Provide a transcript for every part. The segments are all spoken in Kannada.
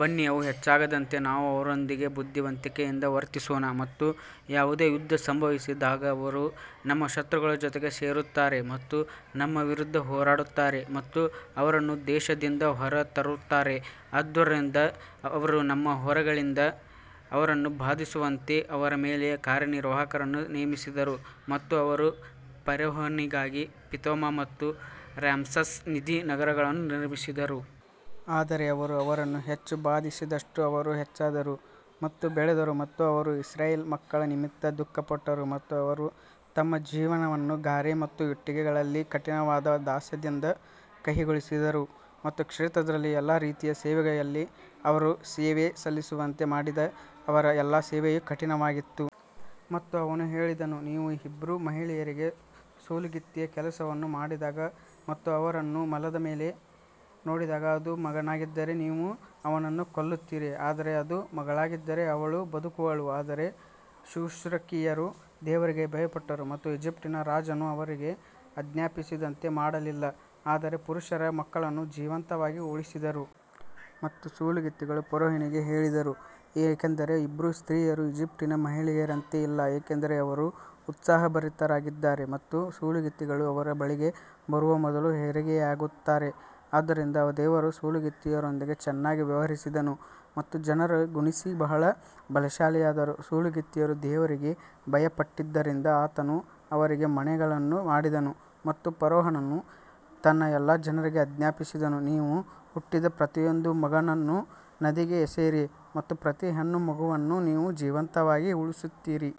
ಬನ್ನಿ ಅವು ಹೆಚ್ಚಾಗದಂತೆ ನಾವು ಅವರೊಂದಿಗೆ ಬುದ್ಧಿವಂತಿಕೆಯಿಂದ ವರ್ತಿಸೋಣ ಮತ್ತು ಯಾವುದೇ ಯುದ್ಧ ಸಂಭವಿಸಿದಾಗ ಅವರು ನಮ್ಮ ಶತ್ರುಗಳ ಜೊತೆಗೆ ಸೇರುತ್ತಾರೆ ಮತ್ತು ನಮ್ಮ ವಿರುದ್ಧ ಹೋರಾಡುತ್ತಾರೆ ಮತ್ತು ಅವರನ್ನು ದೇಶದಿಂದ ಹೊರತರುತ್ತಾರೆ. ಆದುದರಿಂದ ಅವರು ತಮ್ಮ ಹೊರೆಗಳಿಂದ ಅವರನ್ನು ಬಾಧಿಸುವಂತೆ ಅವರ ಮೇಲೆ ಕಾರ್ಯನಿರ್ವಾಹಕರನ್ನು ನೇಮಿಸಿದರು ಮತ್ತು ಅವರು ಫರೋಹನಿಗಾಗಿ ಪಿಥೋಮ್ ಮತ್ತು ರಾಮ್ಸೆಸ್ ನಿಧಿ ನಗರಗಳನ್ನು ನಿರ್ಮಿಸಿದರು. ಆದರೆ ಅವರು ಅವರನ್ನು ಹೆಚ್ಚು ಬಾಧಿಸಿದಷ್ಟೂ ಅವರು ಹೆಚ್ಚಾದರು ಮತ್ತು ಬೆಳೆದರು ಮತ್ತು ಅವರು ಇಸ್ರಾಯೇಲ್ ಮಕ್ಕಳ ನಿಮಿತ್ತ ದುಃಖಪಟ್ಟರು. ಮತ್ತು ಅವರು ತಮ್ಮ ಜೀವನವನ್ನು ಗಾರೆ ಮತ್ತು ಇಟ್ಟಿಗೆಗಳಲ್ಲಿ ಕಠಿಣವಾದ ದಾಸ್ಯದಿಂದ ಕಹಿಗೊಳಿಸಿದರು ಮತ್ತು ಕ್ಷೇತ್ರದಲ್ಲಿ ಎಲ್ಲಾ ರೀತಿಯ ಸೇವೆಯಲ್ಲಿ ಅವರು ಸೇವೆ ಸಲ್ಲಿಸುವಂತೆ ಮಾಡಿದ ಅವರ ಎಲ್ಲಾ ಸೇವೆಯು ಕಠಿಣವಾಗಿತ್ತು. ಮತ್ತು ಅವನು ಹೇಳಿದನು, ನೀವು ಹೀಬ್ರೂ ಮಹಿಳೆಯರಿಗೆ ಸೂಲಗಿತ್ತಿಯ ಕೆಲಸವನ್ನು ಮಾಡಿದಾಗ ಮತ್ತು ಅವರನ್ನು ಮಲದ ಮೇಲೆ ನೋಡಿದಾಗ ಅದು ಮಗನಾಗಿದ್ದರೆ ನೀವು ಅವನನ್ನು ಕೊಲ್ಲುತ್ತೀರಿ ಆದರೆ ಅದು ಮಗಳಾಗಿದ್ದರೆ ಅವಳು ಬದುಕುವಳು. ಆದರೆ ಶುಶ್ರೂಷಕಿಯರು ದೇವರಿಗೆ ಭಯಪಟ್ಟರು ಮತ್ತು ಈಜಿಪ್ಟಿನ ರಾಜನು ಅವರಿಗೆ ಆಜ್ಞಾಪಿಸಿದಂತೆ ಮಾಡಲಿಲ್ಲ ಆದರೆ ಪುರುಷರ ಮಕ್ಕಳನ್ನು ಜೀವಂತವಾಗಿ ಉಳಿಸಿದರು. ಮತ್ತು ಸೂಲಗಿತ್ತಿಗಳು ಫರೋಹನಿಗೆ ಹೇಳಿದರು ಏಕೆಂದರೆ ಹೀಬ್ರೂ ಸ್ತ್ರೀಯರು ಈಜಿಪ್ಟಿನ ಮಹಿಳೆಯರಂತೆ ಇಲ್ಲ ಏಕೆಂದರೆ ಅವರು ಉತ್ಸಾಹಭರಿತರಾಗಿದ್ದಾರೆ ಮತ್ತು ಸೂಲಗಿತ್ತಿಗಳು ಅವರ ಬಳಿಗೆ ಬರುವ ಮೊದಲು ಹೆರಿಗೆಯಾಗುತ್ತಾರೆ. ಆದುದರಿಂದ ದೇವರು ಸೂಲಗಿತ್ತಿಯರೊಂದಿಗೆ ಚೆನ್ನಾಗಿ ವ್ಯವಹರಿಸಿದನು ಮತ್ತು ಜನರು ಗುಣಿಸಿ ಬಹಳ ಬಲಶಾಲಿಯಾದರು ಸೂಲಗಿತ್ತಿಯರು ದೇವರಿಗೆ ಭಯಪಟ್ಟದ್ದರಿಂದ ಆತನು ಅವರಿಗೆ ಮನೆಗಳನ್ನು ಮಾಡಿದನು ಮತ್ತು ಫರೋಹನು ತನ್ನ ಎಲ್ಲಾ ಜನರಿಗೆ ಆಜ್ಞಾಪಿಸಿದನು, ನೀವು ಹುಟ್ಟಿದ ಪ್ರತಿಯೊಂದು ಮಗನನ್ನು ನದಿಗೆ ಎಸೆಯಿರಿ ಮತ್ತು ಪ್ರತಿ ಹೆಣ್ಣು ಮಗುವನ್ನು ನೀವು ಜೀವಂತವಾಗಿ ಉಳಿಸುತ್ತೀರಿ.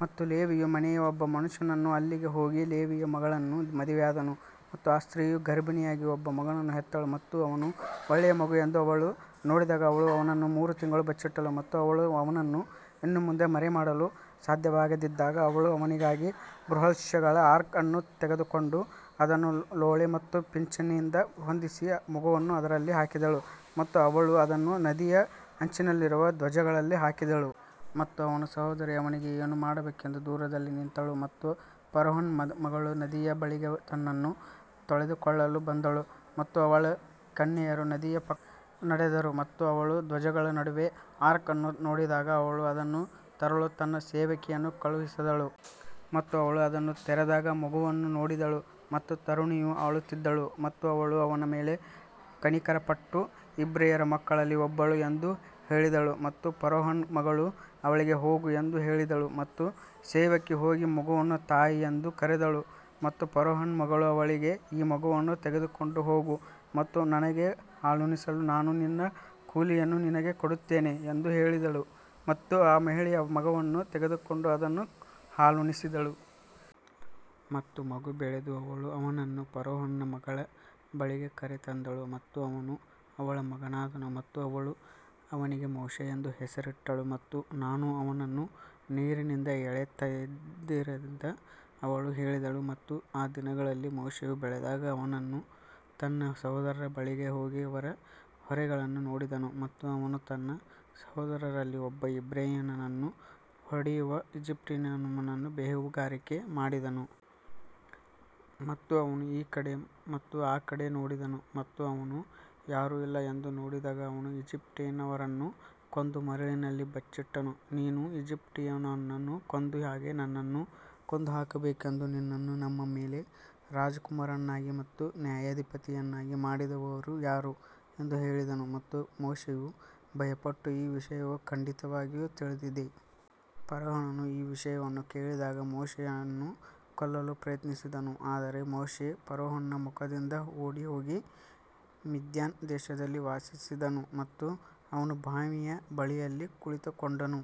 ಮತ್ತು ಲೇವಿಯ ಮನೆಯ ಒಬ್ಬ ಮನುಷ್ಯನು ಅಲ್ಲಿಗೆ ಹೋಗಿ ಲೇವಿಯ ಮಗಳನ್ನು ಮದುವೆಯಾದನು ಮತ್ತು ಆ ಸ್ತ್ರೀಯು ಗರ್ಭಿಣಿಯಾಗಿ ಒಬ್ಬ ಮಗನನ್ನು ಹೆತ್ತಳು ಮತ್ತು ಅವನು ಒಳ್ಳೆಯ ಮಗು ಎಂದು ಅವಳು ನೋಡಿದಾಗ ಅವಳು ಅವನನ್ನು ಮೂರು ತಿಂಗಳು ಬಚ್ಚಿಟ್ಟಳು. ಮತ್ತು ಅವಳು ಅವನನ್ನು ಇನ್ನು ಮುಂದೆ ಮರೆಮಾಡಲು ಸಾಧ್ಯವಾಗದಿದ್ದಾಗ ಅವಳು ಅವನಿಗಾಗಿ ಬುಲ್ರಶ್ಗಳ ಆರ್ಕ್ ಅನ್ನು ತೆಗೆದುಕೊಂಡು ಅದನ್ನು ಲೋಳೆ ಮತ್ತು ಪಿಚ್ನಿಂದ ಹೊದಿಸಿ ಮಗುವನ್ನು ಅದರಲ್ಲಿ ಹಾಕಿದಳು ಮತ್ತು ಅವಳು ಅದನ್ನು ನದಿಯ ಅಂಚಿನಲ್ಲಿರುವ ಧ್ವಜಗಳಲ್ಲಿ ಹಾಕಿದಳು. ಮತ್ತು ಅವನ ಸಹೋದರಿ ಅವನಿಗೆ ಏನು ಮಾಡಬೇಕೆಂದು ದೂರದಲ್ಲಿ ನಿಂತಳು ಮತ್ತು ಫರೋಹನ ಮಗಳು ನದಿಯ ಬಳಿಗೆ ತನ್ನನ್ನು ತೊಳೆದುಕೊಳ್ಳಲು ಬಂದಳು ಮತ್ತು ಅವಳ ಕನ್ಯೆಯರು ನದಿಯ ಪಕ್ಕದಲ್ಲಿ ನಡೆದರು ಮತ್ತು ಅವಳು ಧ್ವಜಗಳ ನಡುವೆ ಆರ್ಕ್ ಅನ್ನು ನೋಡಿದಾಗ ಅವಳು ಅದನ್ನು ತರಲು ತನ್ನ ಸೇವಕಿಯನ್ನು ಕಳುಹಿಸಿದಳು. ಮತ್ತು ಅವಳು ಅದನ್ನು ತೆರೆದಾಗ ಮಗುವನ್ನು ನೋಡಿದಳು ಮತ್ತು ತರುಣಿಯು ಅಳುತ್ತಿದ್ದಳು ಮತ್ತು ಅವಳು ಅವನ ಮೇಲೆ ಕನಿಕರಪಟ್ಟು ಇಬ್ರಿಯರ ಮಕ್ಕಳಲ್ಲಿ ಒಬ್ಬಳು ಎಂದು ಹೇಳಿದಳು. ಮತ್ತು ಫರೋಹನ ಮಗಳು ಅವಳಿಗೆ ಹೋಗು ಎಂದು ಹೇಳಿದಳು ಮತ್ತು ಸೇವಕಿ ಹೋಗಿ ಮಗುವನ್ನು ತಾಯಿ ಎಂದು ಕರೆದಳು ಮತ್ತು ಫರೋಹನ ಮಗಳು ಅವಳಿಗೆ ಈ ಮಗುವನ್ನು ತೆಗೆದುಕೊಂಡು ಹೋಗು ಮತ್ತು ನನಗೆ ಹಾಲುಣಿಸಲು ನಾನು ನಿನ್ನ ಕೂಲಿಯನ್ನು ನಿನಗೆ ಕೊಡುತ್ತೇನೆ ಎಂದು ಹೇಳಿದಳು ಮತ್ತು ಆ ಮಹಿಳೆ ಮಗುವನ್ನು ತೆಗೆದುಕೊಂಡು ಅದನ್ನು ಹಾಲುಣಿಸಿದಳು. ಮತ್ತು ಮಗು ಬೆಳೆದು ಅವಳು ಅವನನ್ನು ಫರೋಹನ ಮಗಳ ಬಳಿಗೆ ಕರೆತಂದಳು ಮತ್ತು ಅವನು ಅವಳ ಮಗನಾದನು ಮತ್ತು ಅವಳು ಅವನಿಗೆ ಮೋಶೆ ಎಂದು ಹೆಸರಿಟ್ಟಳು ಮತ್ತು ನಾನು ಅವನನ್ನು ನೀರಿನಿಂದ ಎಳೆದಿದ್ದರಿಂದ ಅವಳು ಹೇಳಿದಳು. ಮತ್ತು ಆ ದಿನಗಳಲ್ಲಿ ಮೋಶೆಯು ಬೆಳೆದಾಗ ಅವನು ತನ್ನ ಸಹೋದರರ ಬಳಿಗೆ ಹೋಗಿ ಅವರ ಹೊರೆಗಳನ್ನು ನೋಡಿದನು ಮತ್ತು ಅವನು ತನ್ನ ಸಹೋದರರಲ್ಲಿ ಒಬ್ಬ ಇಬ್ರಿಯನನ್ನು ಹೊಡೆಯುವ ಈಜಿಪ್ಟಿನವನನ್ನು ಬೇಹುಗಾರಿಕೆ ಮಾಡಿದನು. ಮತ್ತು ಅವನು ಈ ಕಡೆ ಮತ್ತು ಆ ಕಡೆ ನೋಡಿದನು ಮತ್ತು ಅವನು ಯಾರೂ ಇಲ್ಲ ಎಂದು ನೋಡಿದಾಗ ಅವನು ಈಜಿಪ್ಟಿನವರನ್ನು ಕೊಂದು ಮರಳಿನಲ್ಲಿ ಬಚ್ಚಿಟ್ಟನು. ನೀನು ಈಜಿಪ್ಟಿನವನನ್ನು ಕೊಂದ ಹಾಗೆ ನನ್ನನ್ನೂ ಕೊಂದುಹಾಕಬೇಕೆಂದು ನಿನ್ನನ್ನು ನಮ್ಮ ಮೇಲೆ ರಾಜಕುಮಾರನನ್ನಾಗಿ ಮತ್ತು ನ್ಯಾಯಾಧಿಪತಿಯನ್ನಾಗಿ ಮಾಡಿದವರು ಯಾರು ಎಂದು ಹೇಳಿದನು ಮತ್ತು ಮೋಶೆಯು ಭಯಪಟ್ಟು ಈ ವಿಷಯವು ಖಂಡಿತವಾಗಿಯೂ ತಿಳಿದಿದೆ. ಫರೋಹನು ಈ ವಿಷಯವನ್ನು ಕೇಳಿದಾಗ ಮೋಶೆಯನ್ನು ಕೊಲ್ಲಲು ಪ್ರಯತ್ನಿಸಿದನು ಆದರೆ ಮೋಶೆ ಫರೋಹನ ಮುಖದಿಂದ ಓಡಿಹೋಗಿ ಮಿದ್ಯಾನ್ ದೇಶದಲ್ಲಿ ವಾಸಿಸಿದನು ಮತ್ತು ಅವನು ಬಾವಿಯ ಬಳಿಯಲ್ಲಿ ಕುಳಿತುಕೊಂಡನು.